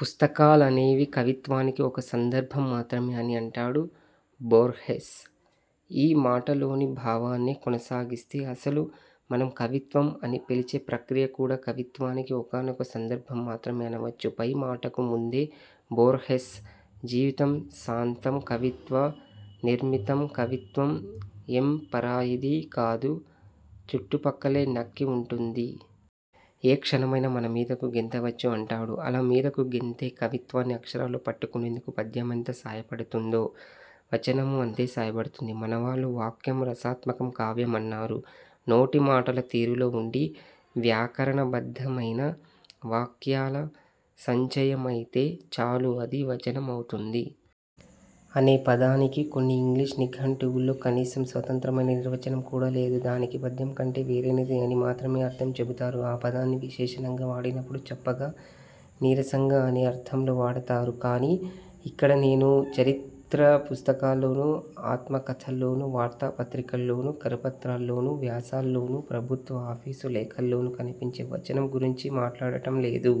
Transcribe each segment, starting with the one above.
"పుస్తకాలనేవి కవిత్వానికి ఒక సందర్భం మాత్రమే'' అని అంటాడు బోర్హెస్. ఈ మాటలోని భావాన్నే కొనసాగిస్తే, అసలు మనం కవిత్వం అని పిలిచే ప్రక్రియ కూడా కవిత్వానికి ఒకానొక సందర్భం మాత్రమే అనవచ్చు. పై మాటకు ముందే బోర్హెస్, ''జీవితం సాంతం కవిత్వ నిర్మితం. కవిత్వమ్ ఎం పరాయిది కాదు, చుట్టుపక్కలే నక్కి వుంటుంది. ఏ క్షణమైనా మన మీదకు గెంతవచ్చు'' అంటాడు. అలా మీదకు గెంతే కవిత్వాన్ని అక్షరాల్లో పట్టుకునేందుకు పద్యమెంత సాయపడుతుందో, వచనమూ అంతే సాయపడుతుంది. మనవాళ్లు ''వాక్యం రసాత్మకం కావ్యం'' అన్నారు. నోటి మాటల తీరులో ఉండి, వ్యాకరణబద్ధమైన వాక్యాల సంచయమైతే చాలు అది వచనం అవుతుంది. ' అనే పదానికి కొన్ని ఇంగ్లీష్ నిఘంటువుల్లో కనీసం స్వతంత్రమైన నిర్వచనం కూడా లేదు. దానికి పద్యం కంటే వేరైనది అని మాత్రమే అర్థం చెబుతారు. ఆ పదాన్ని విశేషణంగా వాడినపుడు 'చప్పగా', 'నీరసంగా' అనే అర్థంలో వాడతారు. కానీ ఇక్కడ నేను చరిత్ర పుస్తకాల్లోనూ, ఆత్మకథల్లోనూ, వార్తాపత్రికల్లోనూ, కరపత్రాల్లోనూ, వ్యాసాల్లోనూ, ప్రభుత్వ ఆఫీసు లేఖల్లోనూ కనిపించే వచనం గురించి మాట్లాడటం లేదు.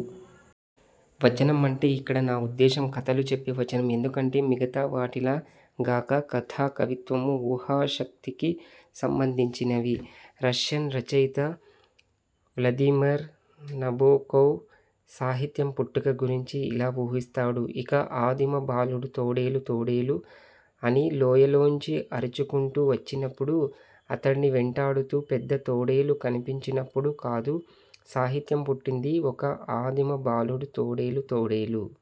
వచనం అంటే ఇక్కడ నా ఉద్దేశం కథలు చెప్పే వచనం. ఎందుకంటే, మిగతావాటిలా గాక కథా, కవిత్వమూ ఊహాశక్తికి సంబంధించినవి. రష్యన్ రచయిత వ్లదీమర్ నబొకొవ్ సాహిత్యం పుట్టుక గురించి ఇలా ఊహిస్తాడు ''ఒక ఆదిమ బాలుడు 'తోడేలు తోడేలు! ' అని లోయలోంచి అరుచుకుంటూ వచ్చినప్పుడూ, అతడ్ని వెంటాడుతూ పెద్ద తోడేలు కనిపించినప్పుడూ కాదు సాహిత్యం పుట్టింది ఒక ఆదిమ బాలుడు 'తోడేలు తోడేలు! '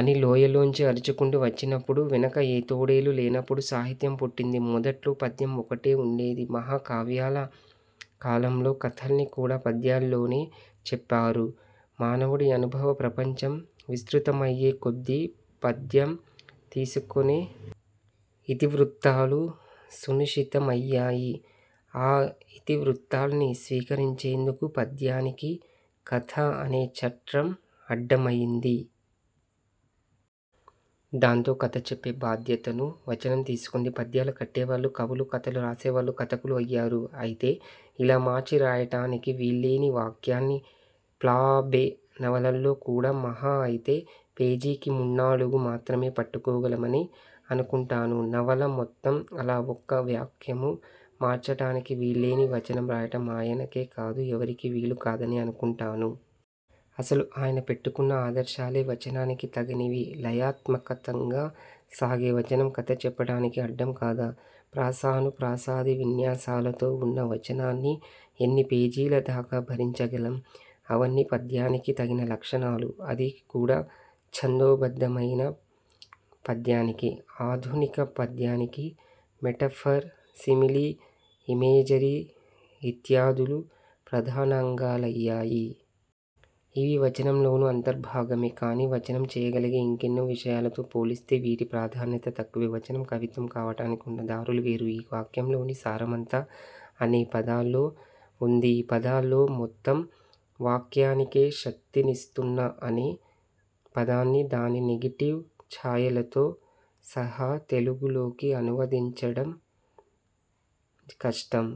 అని లోయలోంచి అరుచుకుంటూ వచ్చినప్పుడూ, వెనక ఏ తోడేలూ లేనప్పుడూ సాహిత్యం పుట్టింది. '' మొదట్లో పద్యం ఒక్కటే ఉండేది. మహాకావ్యాల కాలంలో కథల్ని కూడా పద్యాల్లోనే చెప్పారు. మానవుడి అనుభవ ప్రపంచం విస్తృతమయ్యే కొద్దీ పద్యం తీసుకునే ఇతివృ త్తాలు సునిశితమయ్యాయి. ఆ ఇతివృత్తాల్ని స్వీకరించేందుకు పద్యానికి కథ అనే చట్రం అడ్డమయ్యింది. దాంతో కథ చెప్పే బాధ్యతను వచనం తీసుకుంది. పద్యాలు కట్టేవాళ్ళు కవులూ, కథలు రాసేవాళ్ళు కథకులూ అయ్యారు. అయితే ఇలా మార్చి రాయటానికి వీల్లేని వాక్యాల్ని ఫ్లాబె నవలల్లో కూడా మహా అయితే పేజీకి మూణ్ణాలుగు మాత్రమే పట్టుకోగలమని అనుకుంటాను. నవల మొత్తం అలా ఒక్క వాక్యమూ ''మార్చటానికి వీల్లేని'' వచనం రాయటం ఆయనకే కాదు, ఎవరికీ వీలు కాదనే అనుకుంటాను. అసలు ఆయన పెట్టుకున్న ఆదర్శాలే వచనానికి తగనివి. లయాత్మకతంగా సాగే వచనం కథ చెప్పటానికి అడ్డం కాదా? ప్రాసానుప్రాసాది విన్యాసాలతో వున్న వచనాన్ని ఎన్ని పేజీల దాకా భరించగలం? అవన్నీ పద్యానికి తగిన లక్షణాలు. అది కూడా ఛందోబద్ధమైన పద్యానికి. ఆధునిక పద్యానికి మెటఫర్, సిమిలీ, ఇమేజరీ ఇత్యాదులు ప్రధానాంగాలయ్యాయి. ఇవి వచనంలోనూ అంతర్భాగమే. కానీ వచనం చేయగలిగే ఇంకెన్నో విషయాలతో పోలిస్తే వీటి ప్రాధాన్యత తక్కువే. వచనం కవిత్వం కావటానికి ఉన్న దారులు వేరు. ఈ వాక్యంలోని సారమంతా ""'' అనే పదాల్లో ఉంది. ఈ పదాల్లో మొత్తం వాక్యానికే శక్తినిస్తున్న ""'' అనే పదాన్ని దాని నెగెటివ్ ఛాయలతో సహా తెలుగులోకి అనువదించటం కష్టం"